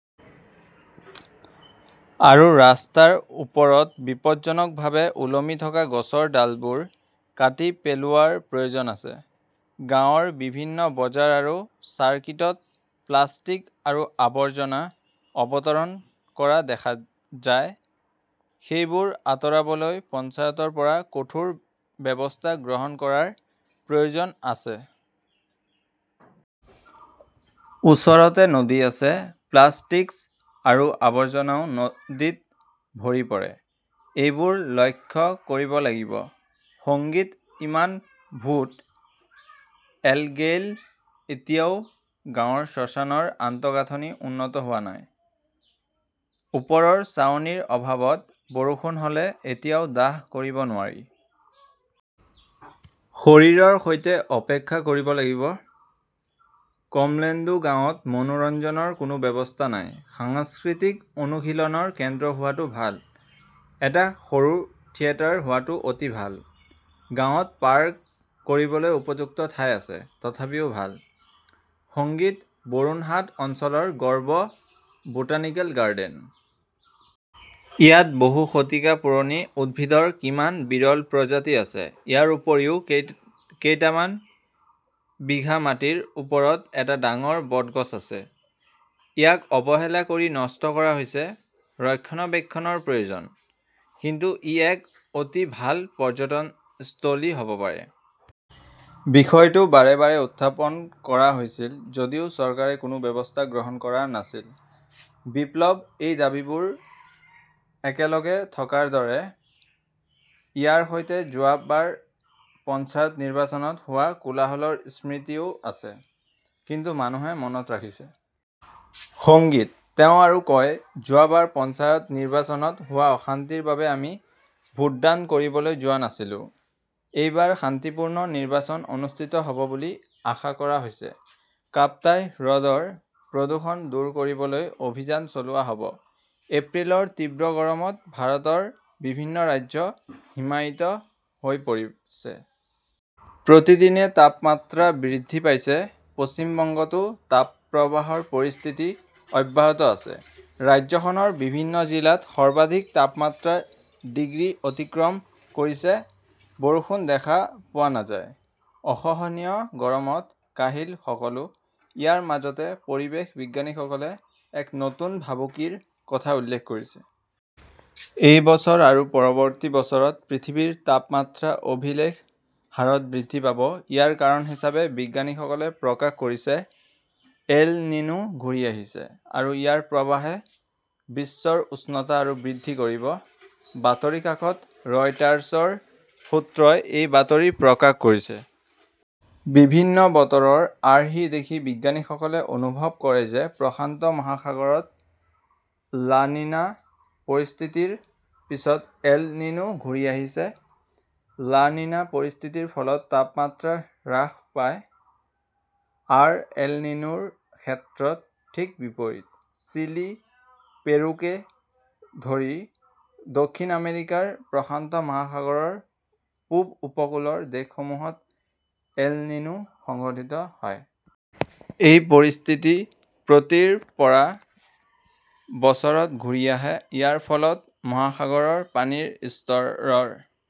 আৰু ৰাস্তাৰ ওপৰত বিপদজনকভাৱে ওলমি থকা গছৰ ডালবোৰ কাটি পেলোৱাৰ প্ৰয়োজন আছে। গাঁৱৰ বিভিন্ন বজাৰ আৰু চাৰ্কিটত প্লাষ্টিক আৰু আৱৰ্জনা অৱতৰণ কৰা দেখা যায়। সেইবোৰ আঁতৰাবলৈ পঞ্চায়তৰ পৰা কঠোৰ ব্যৱস্থা গ্ৰহণ কৰাৰ প্ৰয়োজন আছে। ওচৰতে নদী আছে। প্লাষ্টিক্স আৰু আৱৰ্জনাও নদীত ভৰি পৰে। এইবোৰ লক্ষ্য কৰিব লাগিব। সঙ্গীতঃ ইমান ভোট এল-গেইল, এতিয়াও গাঁৱৰ শ্মশানৰ আন্তঃগাঁথনি উন্নত হোৱা নাই। ওপৰৰ ছাউনিৰ অভাৱত বৰষুণ হ "লে এতিয়াও দাহ কৰিব নোৱাৰি। শৰীৰৰ সৈতে অপেক্ষা কৰিব লাগিব। কমলেন্দুঃ গাঁৱত মনোৰঞ্জনৰ কোনো ব্যৱস্থা নাই। সাংস্কৃতিক অনুশীলনৰ কেন্দ্ৰ হোৱাটো ভাল। এটা সৰু থিয়েটাৰ হোৱাটো অতি ভাল। গাঁৱত পাৰ্ক কৰিবলৈ উপযুক্ত ঠাই আছে, তথাপিও ভাল। সংগীতঃ বৰুণহাট অঞ্চলৰ গৰ্ব বোটানিকেল গাৰ্ডেন। ইয়াত বহু শতিকা পুৰণি উদ্ভিদৰ কিমান বিৰল প্ৰজাতি আছে। ইয়াৰ উপৰিও কেইটামান বিঘা মাটিৰ ওপৰত এটা ডাঙৰ বট গছ আছে। ইয়াক অৱহেলা কৰি নষ্ট কৰা হৈছে। ৰক্ষণাবেক্ষণৰ প্ৰয়োজন। কিন্তু ই এক অতি ভাল পৰ্যটনস্থলী হ "ব পাৰে। বিষয়টো বাৰে বাৰে উত্থাপন কৰা হৈছিল যদিও চৰকাৰে কোনো ব্যৱস্থা গ্ৰহণ কৰা নাছিল। বিপ্লৱঃ এই দাবীবোৰ একেলগে থকাৰ দৰে, ইয়াৰ সৈতে যোৱা বাৰ পঞ্চায়ত নিৰ্বাচনত হোৱা কোলাহলৰ স্মৃতিও আছে কিন্তু মানুহে মনত ৰাখিছে। সঙ্গীতঃ তেওঁ আৰু কয়, যোৱা বাৰ পঞ্চায়ত নিৰ্বাচনত হোৱা অশান্তিৰ বাবে আমি ভোটদান কৰিবলৈ যোৱা নাছিলো। এইবাৰ শান্তিপূৰ্ণ নিৰ্বাচন অনুষ্ঠিত হ "ব বুলি আশা কৰা হৈছে। কাপ্তাই হ্ৰদৰ প্ৰদূষণ দূৰ কৰিবলৈ অভিযান চলোৱা হ "ব" এপ্ৰিলৰ তীব্ৰ গৰমত ভাৰতৰ বিভিন্ন ৰাজ্য হিমায়িত হৈ পৰিছে। প্ৰতিদিনে তাপমাত্ৰা বৃদ্ধি পাইছে। পশ্চিম বংগতো তাপপ্ৰবাহৰ পৰিস্থিতি অব্যাহত আছে। ৰাজ্যখনৰ বিভিন্ন জিলাত সৰ্বাধিক তাপমাত্ৰা ডিগ্ৰী অতিক্ৰম কৰিছে। বৰষুণ দেখা পোৱা নাযায়। অসহনীয় গৰমত কাহিল সকলো। ইয়াৰ মাজতে পৰিৱেশ বিজ্ঞানীসকলে এক নতুন ভাবুকিৰ কথা উল্লেখ কৰিছে। এই বছৰ আৰু পৰৱৰ্তী বছৰত পৃথিৱীৰ তাপমাত্ৰা অভিলেখ হাৰত বৃদ্ধি পাব। ইয়াৰ কাৰণ হিচাপে বিজ্ঞানীসকলে প্ৰকাশ কৰিছে, 'এল নিনো "ঘূৰি আহিছে। আৰু ইয়াৰ প্ৰভাৱে বিশ্বৰ উষ্ণতা আৰু বৃদ্ধি কৰিব। বাতৰি কাকত ৰয়টাৰ্ছৰ সূত্ৰই এই বাতৰি প্ৰকাশ কৰিছে। বিভিন্ন বতৰৰ আৰ্হি দেখি বিজ্ঞানীসকলে অনুভৱ কৰে যে প্ৰশান্ত মহাসাগৰত লা নিনা পৰিস্থিতিৰ পিছত এল নিনো ঘূৰি আহিছে। লা নিনা পৰিস্থিতিৰ ফলত তাপমাত্ৰা হ্ৰাস পায়। আৰ 'এল নিনো' ৰ ক্ষেত্ৰত ঠিক বিপৰীত। চিলি, পেৰুকে ধৰি দক্ষিণ আমেৰিকাৰ প্ৰশান্ত মহাসাগৰৰ পূব উপকূলৰ দেশসমূহত 'এল নিনো "সংঘটিত হয়। এই পৰিস্থিতি প্ৰতি ৰ পৰা বছৰত ঘূৰি আহে। ইয়াৰ ফলত মহাসাগৰৰ পানীৰ স্তৰৰ